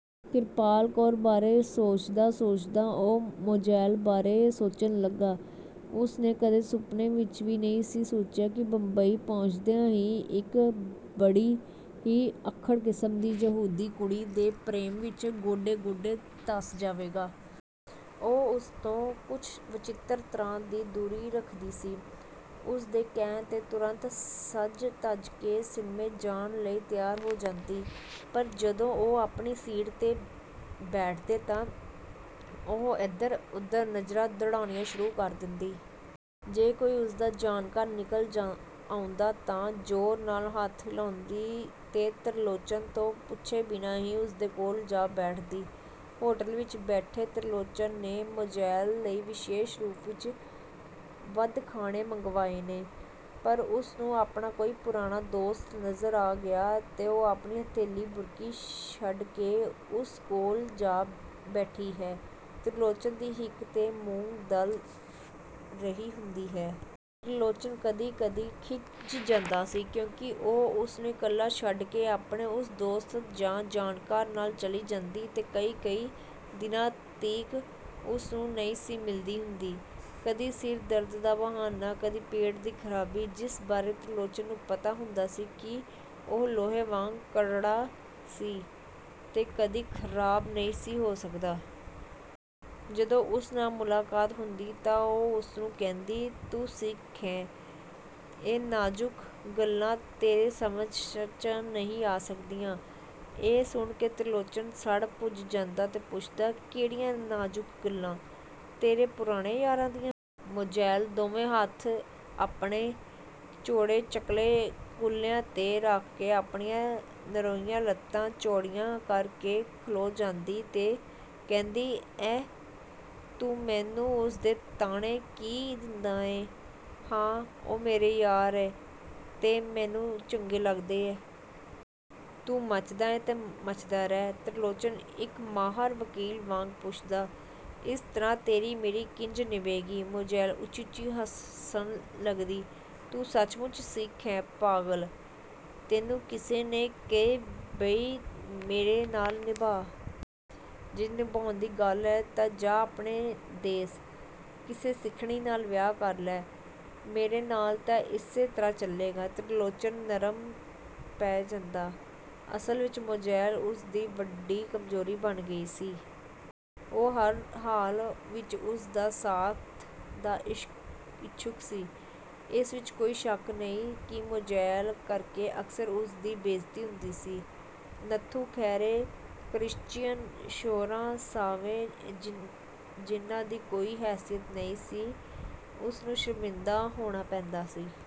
ਕਿਰਪਾਲ ਕੌਰ ਬਾਰੇ ਸੋਚਦਾ-ਸੋਚਦਾ ਉਹ ਮੋਜ਼ੇਲ ਬਾਰੇ ਸੋਚਣ ਲੱਗਾ। ਉਸਨੇ ਕਦੀ ਸੁਪਨੇ ਵਿਚ ਵੀ ਨਹੀਂ ਸੀ ਸੋਚਿਆ ਕਿ ਬੰਬਈ ਪਹੁੰਚਦਿਆਂ ਹੀ ਇਕ ਬੜੀ ਹੀ ਅੱਖੜ ਕਿਸਮ ਦੀ ਯਹੂਦੀ ਕੁੜੀ ਦੇ ਪ੍ਰੇਮ ਵਿਚ 'ਗੋਡੇ-ਗੋਡੇ' ਧਸ ਜਾਵੇਗਾ। ਉਹ ਉਸ ਤੋਂ ਕੁਛ ਵਚਿੱਤਰ ਤਰ੍ਹਾਂ ਦੀ ਦੂਰੀ ਰੱਖਦੀ ਸੀ। ਉਸਦੇ ਕਹਿਣ 'ਤੇ ਤੁਰੰਤ ਸਜ-ਧਜ ਕੇ ਸਿਨੇਮੇ ਜਾਣ ਲਈ ਤਿਆਰ ਹੋ ਜਾਂਦੀ, ਪਰ ਜਦੋਂ ਉਹ ਆਪਣੀ ਸੀਟ 'ਤੇ ਬੈਠਦੇ ਤਾਂ ਉਹ ਇਧਰ-ਉਧਰ ਨਜ਼ਰਾਂ ਦੌੜਾਉਣੀਆਂ ਸ਼ੁਰੂ ਕਰ ਦਿੰਦੀ। ਜੇ ਕੋਈ ਉਸਦਾ ਜਾਣਕਾਰ ਨਿਕਲ ਆਉਂਦਾ ਤਾਂ ਜ਼ੋਰ ਨਾਲ ਹੱਥ ਹਿਲਾਉਂਦੀ ਤੇ ਤਿਰਲੋਚਨ ਤੋਂ ਪੁੱਛੇ ਬਿਨਾਂ ਹੀ ਉਸਦੇ ਕੋਲ ਜਾ ਬੈਠਦੀ। ਹੋਟਲ ਵਿਚ ਬੈਠੇ ਤਿਰਲੋਚਨ ਨੇ ਮੋਜ਼ੇਲ ਲਈ ਵਿਸ਼ੇਸ਼ ਰੂਪ ਵਿਚ ਵੱਧ ਖਾਣੇ ਮੰਗਵਾਏ ਨੇ, ਪਰ ਉਸਨੂੰ ਆਪਣਾ ਕੋਈ ਪੁਰਾਣਾ ਦੋਸਤ ਨਜ਼ਰ ਆ ਗਿਆ ਹੈ ਤੇ ਉਹ ਆਪਣੀ ਹੱਥਲੀ ਬੁਰਕੀ ਛੱਡ ਕੇ ਉਸ ਕੋਲ ਜਾ ਬੈਠੀ ਹੈ ਤੇ ਤਿਰਲੋਚਨ ਦੀ ਹਿੱਕ 'ਤੇ ਮੂੰਗ ਦਲ ਰਹੀ ਹੁੰਦੀ ਹੈ। ਤਿਰਲੋਚਨ ਕਦੀ-ਕਦੀ ਖਿਝ ਜਾਂਦਾ ਸੀ, ਕਿਉਂਕਿ ਉਹ ਉਸਨੂੰ ਇਕੱਲਾ ਛੱਡ ਕੇ ਆਪਣੇ ਉਸ ਦੋਸਤ ਜਾਂ ਜਾਣਕਾਰ ਨਾਲ ਚਲੀ ਜਾਂਦੀ ਤੇ ਕਈ-ਕਈ ਦਿਨਾਂ ਤੀਕ ਉਸਨੂੰ ਨਹੀਂ ਸੀ ਮਿਲਦੀ ਹੁੰਦੀ। ਕਦੀ ਸਿਰ ਦਰਦ ਦਾ ਬਹਾਨਾ, ਕਦੀ ਪੇਟ ਦੀ ਖਰਾਬੀ, ਜਿਸ ਬਾਰੇ ਤਿਰਲੋਚਨ ਨੂੰ ਪਤਾ ਹੁੰਦਾ ਸੀ ਕਿ ਉਹ ਲੋਹੇ ਵਾਂਗ ਕਰੜਾ ਸੀ ਤੇ ਕਦੀ ਖਰਾਬ ਨਹੀਂ ਸੀ ਹੋ ਸਕਦਾ। ਜਦੋਂ ਉਸ ਨਾਲ ਮੁਲਾਕਾਤ ਹੁੰਦੀ ਤਾਂ ਉਹ ਉਸਨੂੰ ਕਹਿੰਦੀ, 'ਤੂੰ ਸਿੱਖ ਏਂ' ਇਹ ਨਾਜ਼ੁਕ ਗੱਲਾਂ ਤੇਰੀ ਸਮਝ 'ਚ ਨਹੀਂ ਆ ਸਕਦੀਆਂ। " ਇਹ ਸੁਣ ਕੇ ਤਿਰਲੋਚਨ ਸੜ-ਭੁੱਜ ਜਾਂਦਾ ਤੇ ਪੁੱਛਦਾ। "ਕਿਹੜੀਆਂ ਨਾਜ਼ੁਕ ਗੱਲਾਂ, ਤੇਰੇ ਪੁਰਾਣੇ ਯਾਰਾਂ ਦੀਆਂ? " ਮੋਜ਼ੇਲ ਦੋਵੇਂ ਹੱਥ ਆਪਣੇ ਚੌੜੇ-ਚਕਲੇ ਕੁਹਲਿਆਂ 'ਤੇ ਰੱਖ ਕੇ ਆਪਣੀਆਂ ਨਰੋਈਆਂ ਲੱਤਾਂ ਚੌੜੀਆਂ ਕਰਕੇ ਖਲੋਂ ਜਾਂਦੀ ਤੇ ਕਹਿੰਦੀ, "ਅਹਿ ਤੂੰ ਮੈਨੂੰ ਉਸਦੇ ਤਾਹਣੇ ਕੀ ਦਿੰਦਾ ਏਂ! ਹਾਂ, ਉਹ ਮੇਰੇ ਯਾਰ ਐ, ਤੇ ਮੈਨੂੰ ਚੰਗੇ ਲੱਗਦੇ ਐ। ਤੂੰ ਮੱਚਦਾ ਏਂ ਤੇ ਮੱਚਦਾ ਰਹਿ। "ਤਿਰਲੋਚਨ ਇਕ ਮਾਹਰ ਵਕੀਲ ਵਾਂਗ ਪੁੱਛਦਾ, "ਇਸ ਤਰ੍ਹਾਂ ਤੇਰੀ-ਮੇਰੀ ਕਿੰਜ ਨਿਭੇਗੀ? " ਮੋਜ਼ੇਲ ਉੱਚੀ-ਉੱਚੀ ਹੱਸਣ ਲੱਗਦੀ, "ਤੂੰ ਸੱਚਮੁੱਚ ਸਿੱਖ ਐਂ! ਪਾਗਲ, ਤੈਨੂੰ ਕਿਸੇ ਨੇ ਕਿਹੇ ਬਈ ਮੇਰੇ ਨਾਲ ਨਿਭਾਅ? ਜੇ ਨਿਭਾਉਣ ਦੀ ਗੱਲ ਐ ਤਾਂ ਜਾਹ ਆਪਣੇ ਦੇਸ। ਕਿਸੇ ਸਿੱਖਣੀ ਨਾਲ ਵਿਆਹ ਕਰ ਲੈ। ਮੇਰੇ ਨਾਲ ਤਾਂ ਇਸੇ ਤਰ੍ਹਾਂ ਚੱਲੇਗਾ। " ਤਿਰਲੋਚਨ ਨਰਮ ਪੈ ਜਾਂਦਾ। ਅਸਲ ਵਿਚ ਮੋਜ਼ੇਲ ਉਸਦੀ ਵੱਡੀ ਕਮਜ਼ੋਰੀ ਬਣ ਗਈ ਸੀ। ਉਹ ਹਰ ਹਾਲ ਵਿਚ ਉਸਦੇ ਸਾਥ ਦਾ ਇਛੁੱਕ ਸੀ। ਇਸ ਵਿਚ ਕੋਈ ਸ਼ੱਕ ਨਹੀਂ ਕਿ ਮੋਜ਼ੇਲ ਕਰਕੇ ਅਕਸਰ ਉਸਦੀ ਬੇਇੱਜ਼ਤੀ ਹੁੰਦੀ ਸੀ। ਨੱਥੂ ਖੈਰੇ ਕਰਿਸ਼ਚੀਅਨ ਛੋਹਰਾਂ ਸਾਹਵੇਂ ਜਿਹਨਾਂ ਦੀ ਕੋਈ ਹੈਸੀਅਤ ਨਹੀਂ ਸੀ, ਉਸਨੂੰ ਸ਼ਰਮਿੰਦਾ ਹੋਣਾ ਪੈਂਦਾ ਸੀ।